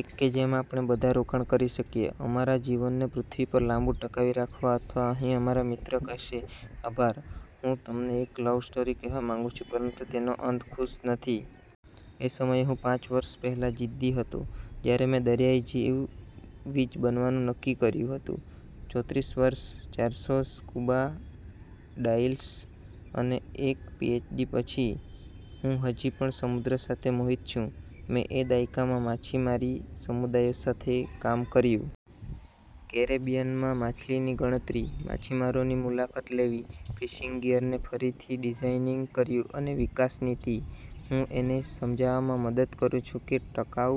એક કે જેમાં આપણે બધા રોકાણ કરી શકીએ અમારા જીવનને પૃથ્વી પર લાંબુ ટકાવી રાખવા અથવા અહીં અમારા મિત્ર કહેશે આભાર. હું તમને એક લવ સ્ટોરી કહેવા માંગુ છું. પરંતુ તેનો અંત ખુશ નથી. એ સમયે હું પાંચ વર્ષ પહેલાં જીદ્દી હતો, જ્યારે મેં દરિયાઇ જીવવિજ બનવાનું નક્કી કર્યું હતું .ચોત્રીસ વર્ષ, ચારસો સ્કુબા ડાઇવ્સ અને એક પીએચડી પછી, હું હજી પણ સમુદ્ર સાથે મોહિત છું. મેં એ દાયકામાં માછીમારી સમુદાયો સાથે કામ કર્યું. કેરેબિયનમાં માછલીની ગણતરી, માછીમારોની મુલાકાત લેવી, ફિશિંગ ગિયરને ફરીથી ડિઝાઇનીંગ કર્યું અને વિકાસ નીતિ. હૂં એને સમજાવામાં મદદ કરું છું કે ટકાઉ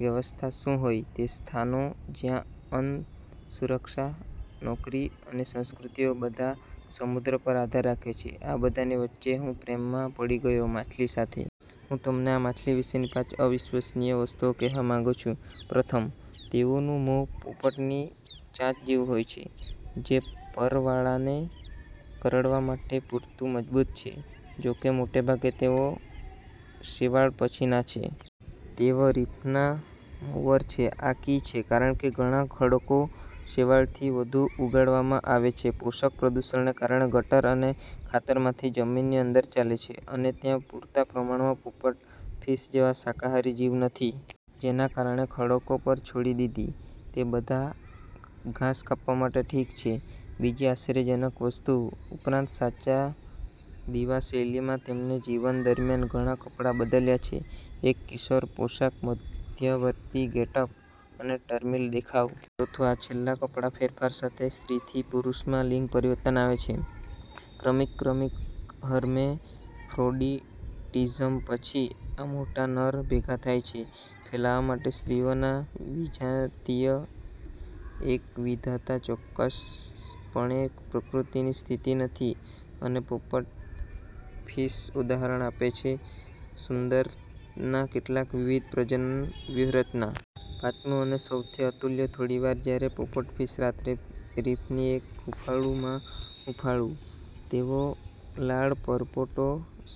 વ્યવસ્થા શું હોય તે સ્થાનો જ્યાં અન્ન, સુરક્ષા, નોકરી અને સંસ્કૃતિઓ બધા સમુદ્ર પર આધાર રાખે છે, આ બધાની વચ્ચે હું પ્રેમમાં પડી ગયો માછલી સાથે. હું તમને આ માછલી વિશેની પાંચ અવિશ્વસનીય વસ્તુઓ કહેવા માંગુ છું પ્રથમ, તેઓનું મોં પોપટની ચાંચ જેવું હોય છે, જે પરવાળાને કરડવા માટે પૂરતું મજબૂત છે, જોકે મોટે ભાગે તેઓ શેવાળ પછીના છે. તેઓ રીફના મોવર છે. આ કી છે, કારણ કે ઘણા ખડકો શેવાળથી વધુ ઉગાડવામાં આવે છે પોષક પ્રદૂષણને કારણે ગટર અને ખાતરમાંથી જમીનની અંદર ચાલે છે. અને ત્યાં પૂરતા પ્રમાણમાં પોપટ ફિશ જેવા શાકાહારી જીવ નથી. જેના કારણે ખડકો પર છોડી દીધી તે બધા ઘાસ કાપવા માટે ઠીક છે. બીજી આશ્ચર્યજનક વસ્તુ. ઉપરાંત, સાચા દિવા શૈલીમાં તેમને જીવન દરમ્યાન ઘણા કપડા બદલ્યા છે. એક કિશોર પોશાક, મધ્યવર્તી ગેટઅપ, અને ટર્મિનલ દેખાવ. ચોથું, આ છેલ્લા કપડા ફેરફાર સાથે સ્ત્રીથી પુરુષમાં લિંગ પરિવર્તન આવે છે, ક્રમિક ક્રમિક હર્મેફ્રોડિટિઝમ પછી આ મોટા નર ભેગા થાય છે ફેલાવવા માટે સ્ત્રીઓના. વિજાતીય એકવિધતા ચોક્કસપણે પ્રકૃતિની સ્થિતિ નથી અને પોપટફિશ ઉદાહરણ આપે છે સુંદરતાના કેટલાક વિવિધ પ્રજનન વ્યૂહરચના. પાંચમું અને સૌથી અતુલ્ય થોડી વાર જ્યારે પોપટફિશ રાત્રે રીફની એક હૂંફાળું માં હૂંફાળું, તેઓ લાળ પરપોટો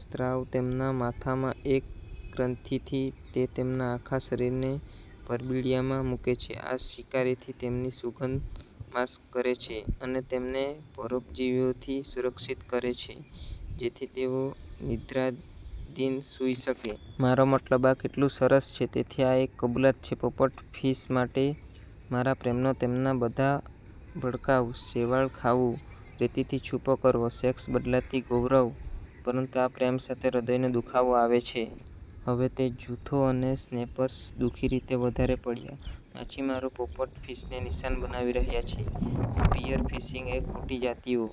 સ્ત્રાવ તેમના માથા માં એક ગ્રંથી થી તે તેમના આખા શરીરને પરબિડીયામાં મૂકે છે. આ શિકારીથી તેમની સુગંધ માસ્ક કરે છે અને તેમને પરોપજીવીઓથી સુરક્ષિત કરે છે, જેથી તેઓ નિંદ્રાધીન સૂઈ શકે. મારો મતલબ, આ કેટલું સરસ છે. તેથી આ એક કબૂલાત છે પોપટ ફિશ માટે મારા પ્રેમનો તેમના બધા ભડકાઉ, શેવાળ-ખાવું, રેતીથી છૂપો કરવો, સેક્સ-બદલાતી ગૌરવ. પરંતુ આ પ્રેમ સાથે હૃદયનો દુખાવો આવે છે. હવે તે જૂથો અને સ્નેપર્સ દુ: ખી રીતે વધારે પડ્યા માછીમારો પોપટ ફિશને નિશાન બનાવી રહ્યા છે. સ્પિયરફિશિંગ એ મોટી જાતિઓ